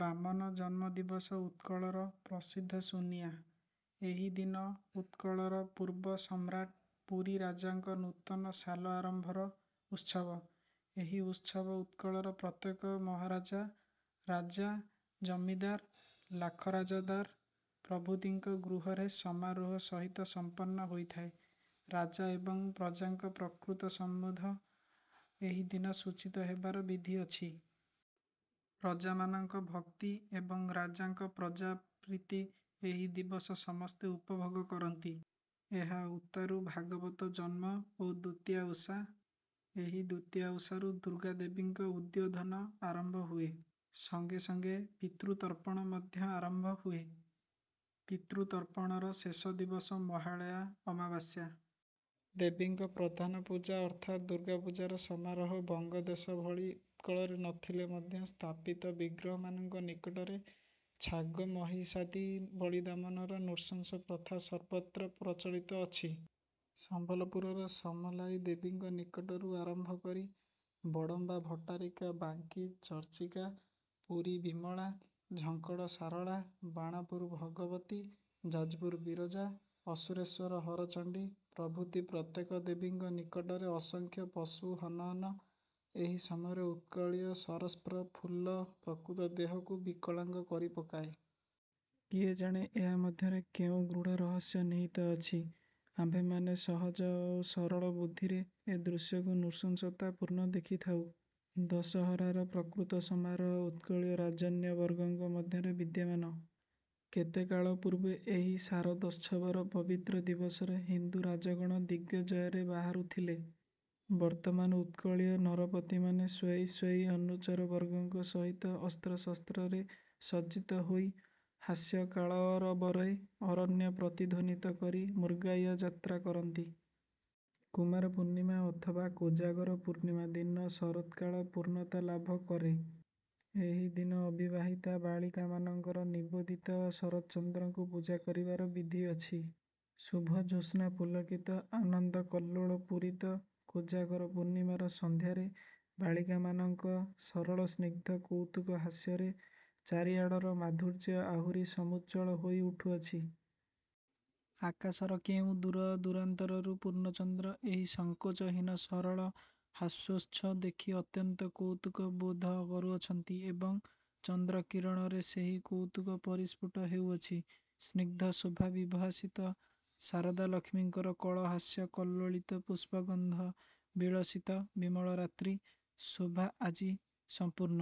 ବାମନଜନ୍ମ ଦିବସ ଉତ୍କଳର ପ୍ରସିଦ୍ଧ ସୁନିଆ । ଏହି ଦିନ ଉତ୍କଳର ପୂର୍ବ ସମ୍ରାଟ୍ ପୁରୀ ରାଜାଙ୍କ ନୂତନ ସାଲ ଆରମ୍ଭର ଉତ୍ସବ। ଏହି ଉତ୍ସବ ଉତ୍କଳର ପ୍ରତ୍ୟେକ ମହାରାଜା। ରାଜା, ଜମିଦାର, ଲାଖରାଜଦାର ପ୍ରଭୃତିଙ୍କ ଗୃହରେ ସମାରୋହ ସହିତ ସମ୍ପନ୍ନ ହୋଇଥାଏ। ରାଜା ଏବଂ ପ୍ରଜାଙ୍କ ପ୍ରକୃତ ସମ୍ୱନ୍ଧ ଏହି ଦିନ ସୂଚିତ ହେବାର ବିଧି ଅଛି। ପ୍ରଜାମାନଙ୍କ ଭକ୍ତି ଏବଂ ରାଜାଙ୍କ ପ୍ରଜା ପ୍ରୀତି ଏହି ଦିବସ ସମସ୍ତେ ଉପଭୋଗ କରନ୍ତି। ଏହା ଉତ୍ତାରୁ ଭାଗବତଜନ୍ମ ଓ ଦୁତିଆ ଓଷା। ଏହି ଦୁତିଆ ଓଷାରୁ ଦୁର୍ଗାଦେବୀଙ୍କ ଉଦ୍ବୋଧନ ଆରମ୍ଭ ହୁଏ, ସଙ୍ଗେ ସଙ୍ଗେ ପିତୃତର୍ପଣ ମଧ୍ୟ ଆରମ୍ଭ ହୁଏ। ପିତୃତର୍ପଣର ଶେଷ ଦିବସ ମହାଳୟା ଅମାବାସ୍ୟା। ଦେବୀଙ୍କ ପ୍ରଧାନ ପୂଜା ଅର୍ଥାତ୍ ଦୁର୍ଗାପୂଜାର ସମାରୋହ ବଙ୍ଗଦେଶ ଭଳି ଉତ୍କଳରେ ନ ଥିଲେ ମଧ୍ୟ ସ୍ଥାପିତ ବିଗ୍ରହମାନଙ୍କ ନିକଟରେ ଛାଗ ମହିଷାଦି ବଳିଦାମନର ନୃଶଂସ ପ୍ରଥା ସର୍ବତ୍ର ପ୍ରଚଳିତ ଅଛି। ସମ୍ବଲପୁରର ସମଲାଇ ଦେବୀଙ୍କ ନିକଟରୁ ଆରମ୍ଭ କରି, ବଡ଼ମ୍ୱା-ଭଟ୍ଟାରିକା ବାଙ୍କି-ଚର୍ଚ୍ଚିକା, ପୁରୀ-ବିମଳା, ଝଙ୍କଡ଼ ଶାରଳା, ବାଣପୁର ଭଗବତୀ, ଯାଜପୁର ବିରଜା, ଅସୁରେଶ୍ୱର ହରଚଣ୍ଡୀ ପ୍ରଭୃତି ପ୍ରତ୍ୟେକ ଦେବୀଙ୍କ ନିକଟରେ ଅସଂଖ୍ୟ ପଶୁ ହନନ ଏହି ସମୟରେ ଉତ୍କଳୀୟ ଶରତ୍ପ୍ର ଫୁଲ୍ଲ ପ୍ରକୃତି ଦେହକୁ ବିକଳାଙ୍ଗ କରି ପକାଏ। କିଏ ଜାଣେ, ଏହା ମଧ୍ୟରେ କେଉଁ ଗୃଢ଼ ରହସ୍ୟ ନିହିତ ଅଛି? ଆମ୍ଭେମାନେ ସହଜ ଓ ସରଳବୁଦ୍ଧିରେ ଏ ଦୃଶ୍ୟକୁ ନୃଶଂସତାପୂର୍ଣ୍ଣ ଦେଖିଥାଉଁ। ଦଶହରାର ପ୍ରକୃତ ସମାରୋହ ଉତ୍କଳୀୟ ରାଜନ୍ୟବର୍ଗଙ୍କ ମଧ୍ୟରେ ବିଦ୍ୟମାନ। କେତେକାଳ ପୂର୍ବେ ଏହି ଶାରଦୋତ୍ସବର ପବିତ୍ର ଦିବସରେ ହିନ୍ଦୁ ରାଜଗଣ ଦିଗ୍ବିଜୟରେ ବାହାରୁଥିଲେ, ବର୍ତ୍ତମାନ ଉତ୍କଳୀୟ ନରପତିମାନେ ସ୍ୱୀୟ ସ୍ୱୀୟ ଅନୁଚରବର୍ଗଙ୍କ ସହିତ ଅସ୍ତ୍ରଶସ୍ତ୍ରରେ ସଜ୍ଜିତ ହୋଇ ହାସ୍ୟକଳରବରେ ଅରଣ୍ୟ ପ୍ରତିଧ୍ୱନିତ କରି ମୃଗୟାଯାତ୍ରା କରନ୍ତି। କୁମାରପୂର୍ଣ୍ଣିମା ଅଥବା କୋଜାଗର ପୂର୍ଣ୍ଣିମା ଦିନ ଶରତ୍କାଳ ପୂର୍ଣ୍ଣତା ଲାଭ କରେ। ଏହି ଦିନ ଅବିବାହିତା ବାଳିକାମାନଙ୍କର ନିବୋଦିତ ଶରଚ୍ଚନ୍ଦ୍ରଙ୍କୁ ପୂଜା କରିବାର ବିଧି ଅଛି। ଶୁଭ-ଜ୍ୟେତ୍ସ୍ନା-ପୁଲକିତ, ଆନନ୍ଦକଲ୍ଲୋଳ ପୂରିତ କୋଜାଗର ପୂର୍ଣ୍ଣିମାର ସନ୍ଧ୍ୟାରେ ବାଳିକାମାନଙ୍କ ସରଳ, ସ୍ନିଗ୍ଧ କୌତୁକ ହାସ୍ୟରେ ଚାରି ଆଡ଼ର ମାଧୁର୍ଯ୍ୟ ଆହୁରି ସମୁଜ୍ଜ୍ୱଳ ହୋଇ ଉଠୁଅଛି! ଆକାଶର କେଉଁ ଦୂର ଦୂରାନ୍ତରରୁ ପୂର୍ଣ୍ଣଚନ୍ଦ୍ର ଏହି ସଙ୍କୋଚହୀନ ସରଳ ହାସ୍ୟୋଚ୍ଛ୍ୱାସ ଦେଖି ଅତ୍ୟନ୍ତ କୌତୁକ ବୋଧ କରୁଅଛନ୍ତି ଏବଂ ଚନ୍ଦ୍ରକିରଣରେ ସେହି କୌତୁକ ପରିସ୍ଫୁଟ ହେଉଅଛି। ସ୍ନିଗ୍ଧ ଶୋଭାବିଭାସିତ ଶାରଦ ଲକ୍ଷ୍ମୀଙ୍କର କଳହାସ୍ୟ କଲ୍ଲୋଳିତ ପୁଷ୍ପଗନ୍ଧ ବିଳସିତ ବିମଳ ରାତ୍ରି ଶୋଭା ଆଜି ସମ୍ପୂର୍ଣ୍ଣ।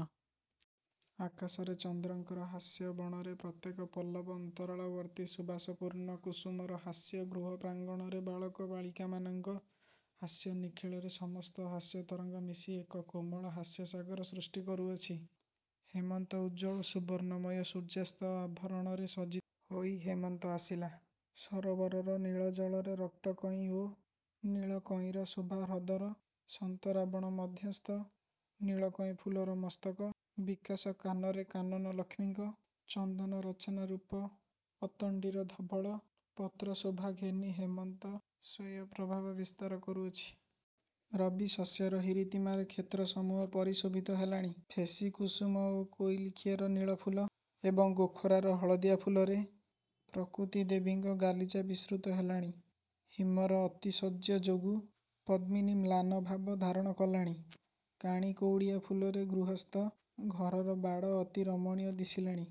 ଆକାଶରେ ଚନ୍ଦ୍ରଙ୍କର ହାସ୍ୟ, ବଣରେ ପ୍ରତ୍ୟେକ ପଲ୍ଲବ ଅନ୍ତରାଳବର୍ତ୍ତୀ ସୁବାସପୂର୍ଣ୍ଣ କୁସୁମର ହାସ୍ୟ, ଗୃହପ୍ରାଙ୍ଗଣରେ ବାଳକ ବାଳିକାମାନଙ୍କ ହାସ୍ୟ ନିଖିଳର ସମସ୍ତ ହାସ୍ୟତରଙ୍ଗ ମିଶି ଏକ କୋମଳ ହାସ୍ୟସାଗର ସୃଷ୍ଟି କରୁଅଛି। ହେମନ୍ତ ଉଜ୍ଜ୍ୱଳ ସୁବର୍ଣ୍ଣମୟ ସୂର୍ଯ୍ୟାସ୍ତ ଆଭରଣରେ ସଜ୍ଜିତ ହୋଇ ହେମନ୍ତ ଆସିଲା। ସରୋବରର ନୀଳ ଜଳରେ ରକ୍ତକଇଁ ଓ ନୀଳକଇଁର ଶୋଭା ହ୍ରଦର ସନ୍ତରାବଣ ମଧ୍ୟସ୍ଥ ନୀଳକଇଁ ଫୁଲର ମସ୍ତକ ବିକାଶ, କାନନରେ କାନନ ଲକ୍ଷ୍ମୀଙ୍କ ଚନ୍ଦନରଚନା ରୂପ ଅତଣ୍ଡୀର ଧବଳ ପତ୍ର ଶୋଭା ଘେନି ହେମନ୍ତ ସ୍ୱୟ ପ୍ରଭାବ ବିସ୍ତାର କରୁଅଛି। ରବି ଶସ୍ୟର ହିରିତିମାରେ କ୍ଷେତ୍ରସମୂହ ପରିଶୋଭିତ ହେଲାଣି। ଫେସି କୁସୁମ ଓ କୋଇଲିଖିଆର ନୀଳ ଫୁଲ ଏବଂ ଗୋଖରାର ହଳଦିଆ ଫୁଲରେ ପ୍ରକୃତିଦେବୀଙ୍କ ଗାଲିଚା ବିସ୍ତୃତ ହେଲାଣି। ହିମର ଅତିଶଯ୍ୟ ଯୋଗୁଁ ପଦ୍ମିନୀ ମ୍ଳାନଭାବ ଧାରଣ କଲାଣି। କାଣିକଉଡ଼ିଆ ଫୁଲରେ ଗୃହସ୍ଥ ଘରର ବାଡ଼ ଅତି ରମଣୀୟ ଦିଶିଲାଣି।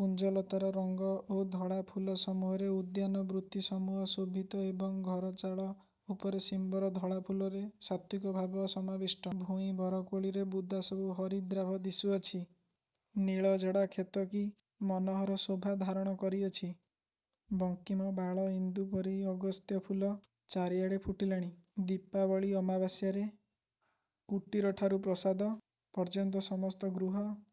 କୁଞ୍ଜଲତାର ରଙ୍ଗ ଓ ଧଳା ଫୁଲସମୂହରେ ଉଦ୍ୟାନ ବୃତିସମୂହ ଶୋଭିତ ଏବଂ ଘର ଚାଳ ଉପରେ ଶିମ୍ୱର ଧଳାଫୁଲରେ ସାତ୍ତ୍ୱିକଭାବ ସମାବିଷ୍ଟ। ଭୂଇଁ ବରକୋଳିରେ ବୁଦା ସବୁ ହରିଦ୍ରାଭ ଦିଶୁଅଛି। ନୀଳ ଜଡ଼ା କ୍ଷେତ କି ମନୋହର ଶୋଭା ଧାରଣ କରିଅଛି! ବଙ୍କିମ ବାଳ ଇନ୍ଦୁ ପରି ଅଗସ୍ତ୍ୟ ଫୁଲ ଚାରି ଆଡ଼େ ଫୁଟିଲାଣି। ଦୀପାବଳୀ ଆମାବାସ୍ୟାରେ କୁଟୀରଠାରୁ ପ୍ରାସାଦ ପର୍ଯ୍ୟନ୍ତ ସମସ୍ତ ଗୃହ--